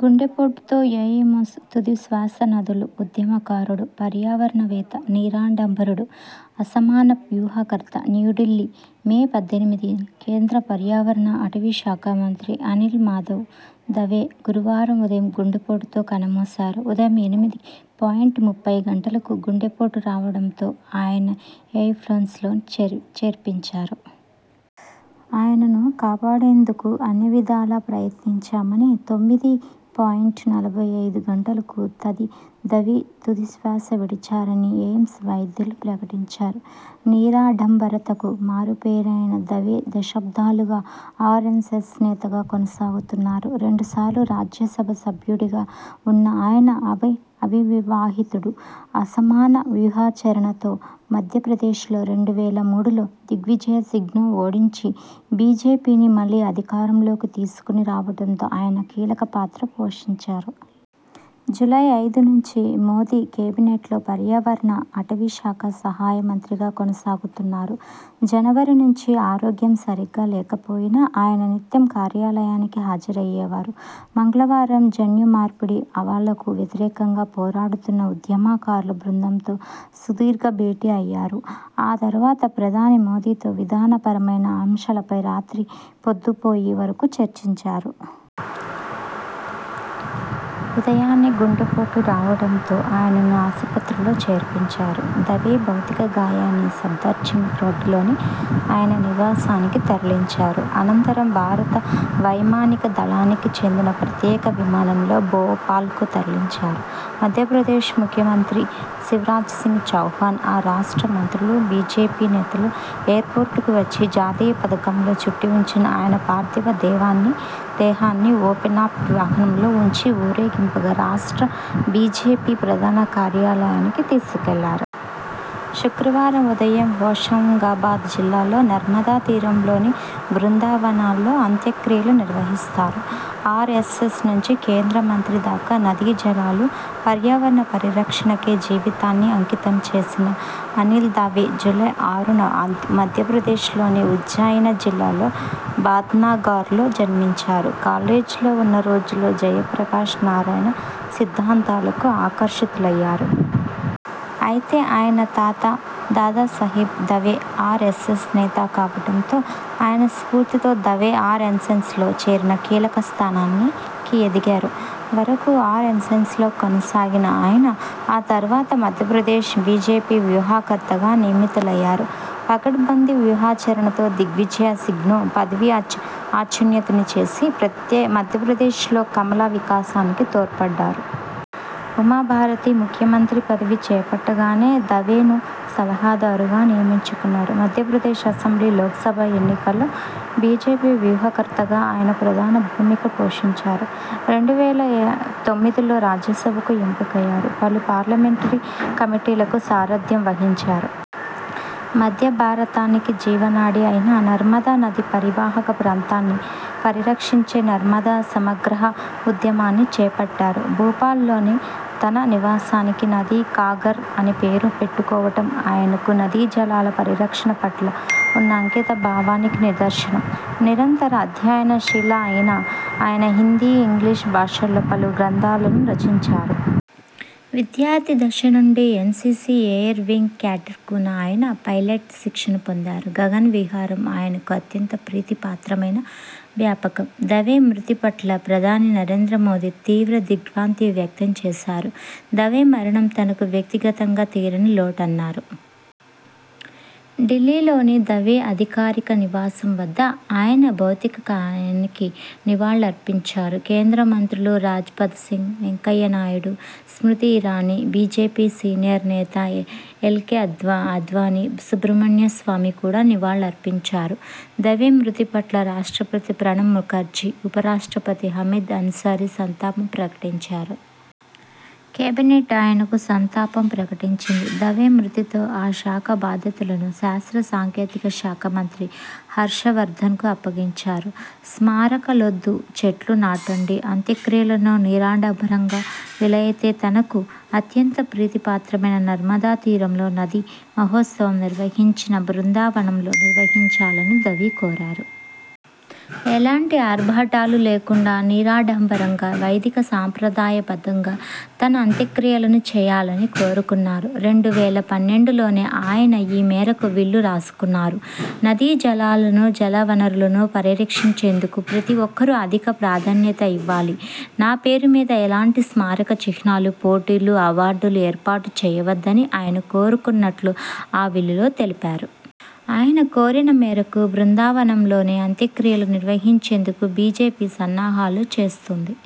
గుండెపోటుతో ఎయిమ్స్లో తుదిశ్వాసనదుల ఉద్యమకారుడు, పర్యావరణవేత్త నిరాడంబరుడు.. అసమాన వ్యూహకర్త న్యూఢిల్లీ, మే పద్దెనిమిది కేంద్ర పర్యావరణ, అటవీ శాఖ మంత్రి అనిల్ మాధవ్ దవే గురువారం ఉదయం గుండెపోటుతో కన్నుమూశారు. ఉదయం ఎనిమిది పాయింట్ ముప్పై గంటలకు గుండెపోటు రావడంతో ఆయనను ఎయిమ్స్లో చేర్పించారు. ఆయనను కాపాడేందుకు అన్నివిధాలా ప్రయత్నించామని, తొమ్మిది పాయింట్ నలభై ఐదు గంటలకు దవే తుదిశ్వాస విడిచారని ఎయిమ్స్ వైద్యులు ప్రకటించారు. నిరాడంబరతకు మారుపేరైన దవే దశాబ్దాలుగా ఆర్ఎ్సఎస్ నేతగా కొనసాగుతున్నారు. రెండు సార్లు రాజ్యసభ సభ్యుడిగా ఉన్న ఆయన అవివాహితుడు. అసమాన వ్యూహరచనతో మధ్య ప్రదేశ్ లో రెండు వేల మూడులో దిగ్విజయ్ సింగ్ను ఓడించి, బీజేపీని మళ్లీ అధికారం లోకి తీసుకు రావడంలో ఆయన కీలక పాత్ర పోషించారు. జూలై ఐదు నుంచి మోదీ కేబినెట్లో పర్యావరణ, అటవీ శాఖ సహాయ మంత్రిగా కొనసాగుతున్నారు. జనవరి నుంచి ఆరోగ్యం సరిగా లేకపోయినా ఆయన నిత్యం కార్యాలయానికి హాజరయ్యేవారు. మంగళవారం జన్యుమార్పిడి ఆవాలకు వ్యతిరేకంగా పోరాడుతున్న ఉద్యమకారుల బృందంతో సుదీర్ఘ భేటీ అయ్యారు. ఆ తరవాత ప్రధాని మోదీతో విధాన పరమైన అంశాలపై రాత్రి పొద్దు పోయే వరకు చర్చించారు. ఉదయాన్నే గుండెపోటు రావడంతో ఆయనను ఆస్పత్రిలో చేర్పించారు. దవే భౌతిక కాయాన్ని సఫ్దర్జంగ్ రోడ్డులోని ఆయన నివాసానికి తరలించారు. అనంతరం భారత వైమానిక దళానికి చెందిన ప్రత్యేక విమానంలో భోపాల్కు తరలించారు. మధ్యప్రదేశ్ ముఖ్య మంత్రి శివరాజ్సింగ్ చౌహాన్, ఆ రాష్ట్ర మంత్రులు, బీజేపీ నేతలు ఎయిర్పోర్టుకు వచ్చి, జాతీయ పతాకంలో చుట్టి ఉంచిన ఆయన పార్థివ దేహా న్ని ఓపెన్టాప్ వాహనంలో ఉంచి ఊరేగింపుగా రాష్ట్ర బీజేపీ ప్రధాన కార్యాలయానికి తీసుకెళ్లారు. శుక్రవారం ఉదయం హోషంగాబాద్ జిల్లాలో నర్మదా తీరంలోని బృందావనలో అంత్యక్రియలు నిర్వహిస్తారు. ఆర్ఎస్ఎస్ నుంచి కేంద్ర మంత్రి దాకా నదీ జలాలు, పర్యావరణ పరిరక్షణకే జీవితాన్ని అంకితం చేసిన అనిల్ దవే జూలై ఆరున మధ్యప్రదేశ్ లోని ఉజ్జయిన జిల్లా బాద్నగర్లో జన్మించారు. కాలేజీలో ఉన్న రోజుల్లో జయప్రకాశ నారాయణ్ సిద్ధాంతాలకు అకర్షితులయ్యారు. అయితే, ఆయన తాత దాదాసాహెబ్ దవే ఆర్ఎస్ఎస్ నేత కావడంతో ఆయన స్ఫూర్తితో దవే ఆర్ఎ్సఎ్సలో చేరి కీలక స్థానానికి ఎదిగారు. వరకు ఆర్ఎ్సఎ్సలో కొనసాగిన ఆయన ఆ తరువాత మధ్యప్రదేశ్ బీజేపీ వ్యూహకర్తగా నియమితులయ్యారు. పకడ్బందీ వ్యూహరచనతో దిగ్విజయ్ సింగ్ను పదవీచ్యుతుణ్ని చేసి, మధ్యప్రదేశ్ లో కమల వికాసానికి తోడ్పడ్డారు. ఉమా భారతి ముఖ్య మంత్రి పదవి చేపట్టగానే దవేను సలహాదారుగా నియమించుకున్నారు. మధ్య ప్రదేశ్ అసెంబ్లీ, లోక్సభ ఎన్నికల్లో బీజేపీ వ్యూహ కర్తగా ఆయన ప్రధాన భూమిక పోషించారు. రెండు వేల తొమ్మిదిలో రాజ్య సభకు ఎంపికయ్యారు. పలు పార్లమెంటరీ కమిటీలకు సారథ్యం వ హించారు. మధ్య భారతానికి జీవనాడి అయిన నర్మదా నది పరీవాహక ప్రాంతాన్ని పరిరక్షించే నర్మద సమగ్రహ ఉద్యమాన్ని చేపట్టారు. భోపాల్లోని తన నివాసానికి నదీ కా ఘర్ అని పేరు పెట్టు కోవడం ఆయనకు నదీ జలాల పరిరక్షణ పట్ల ఉన్న అంకిత భావానికి నిదర్శనం. నిరంతర అధ్యయన శీలి అయిన ఆయన హిందీ, ఇంగ్లిష్ భాషల్లో పలు గ్రంథాలు రచించారు. విద్యార్థి దశ నుంచి ఎన్సీసీ ఎయిర్ వింగ్ క్యాడెట్గా ఉన్న ఆయన పైలెట్గా శిక్షణ పొందారు. గగన విహారం ఆయనకు అత్యంత ప్రీతి పాత్రమైన వ్యాపకం. దవే మృతి పట్ల ప్రధాని నరేంద్ర మోదీ తీవ్ర దిగ్ర్భాంతి వ్యక్తం చేశారు. దవే మరణం తనకు వ్యక్తి గతంగా తీరని లోటన్నారు. ఢిల్లీ లోని దవే అధికారిక నివాసం వద్ద ఆయన భౌతిక కాయానికి నివాళులర్పించారు. కేంద్ర మంత్రులు రాజపద్ సింగ్, వెంకయ్య నాయుడు, స్మృతి ఇరానీ, బీజేపీ సీనియర్ నేత ఎల్కే ఆడ్వాణీ, సుబ్రమణ్య స్వామి కూడా నివాళులర్పించారు దవే మృతి పట్ల రాష్ట్రపతి ప్రణబ్ ముఖర్జీ, ఉప రాష్ట్రపతి హమీద్ అన్సారీ సంతాపం ప్రకటించారు. కేబినెట్ ఆయనకు సంతాపం ప్రకటించింది. దవే మృతితో ఆ శాఖ బాధ్యతలను శాస్త్ర సాంకేతిక శాఖ మంత్రి హర్ష వర్ధన్కు అప్పగించారు. స్మారకాలొద్దు, చెట్లు నాటండి అంత్యక్రియలను నిరాడంబరంగా, వీలయితే తనకు అత్యంత ప్రీతి పాత్రమైన నర్మదా తీరంలో నదీ మహోత్సవం నిర్వహించిన బృందా వనంలో నిర్వహించాలని దవే కోరారు. ఎలాంటి ఆర్భాటాలు లేకుండా నిరాడంబరంగా, వైదిక సంప్రదాయ బద్ధంగా తన అంత్యక్రియలు చేయాలని కోరుకున్నారు. రెండు వేల పన్నెండులోనే ఆయన ఈ మేరకు విల్లు రాసుకున్నారు. 'నదీ జలాలను, జలవనరులను పరిరక్షించేందుకు ప్రతి ఒక్కరూ అధిక ప్రాధాన్యం ఇవ్వాలి. నా పేరు మీద ఎలాంటి స్మారక చిహ్నాలు, పోటీలు, అవార్డులు ఏర్పాటు చేయవద్ద'ని ఆయన కోరుకున్నట్టు ఆ విల్లులో తెలిపారు. ఆయన కోరిక మేరకు, బృందా వనలోనే అత్యక్రియలు నిర్వహించేందుకు బీజేపీ సన్నాహాలు చేస్తోంది.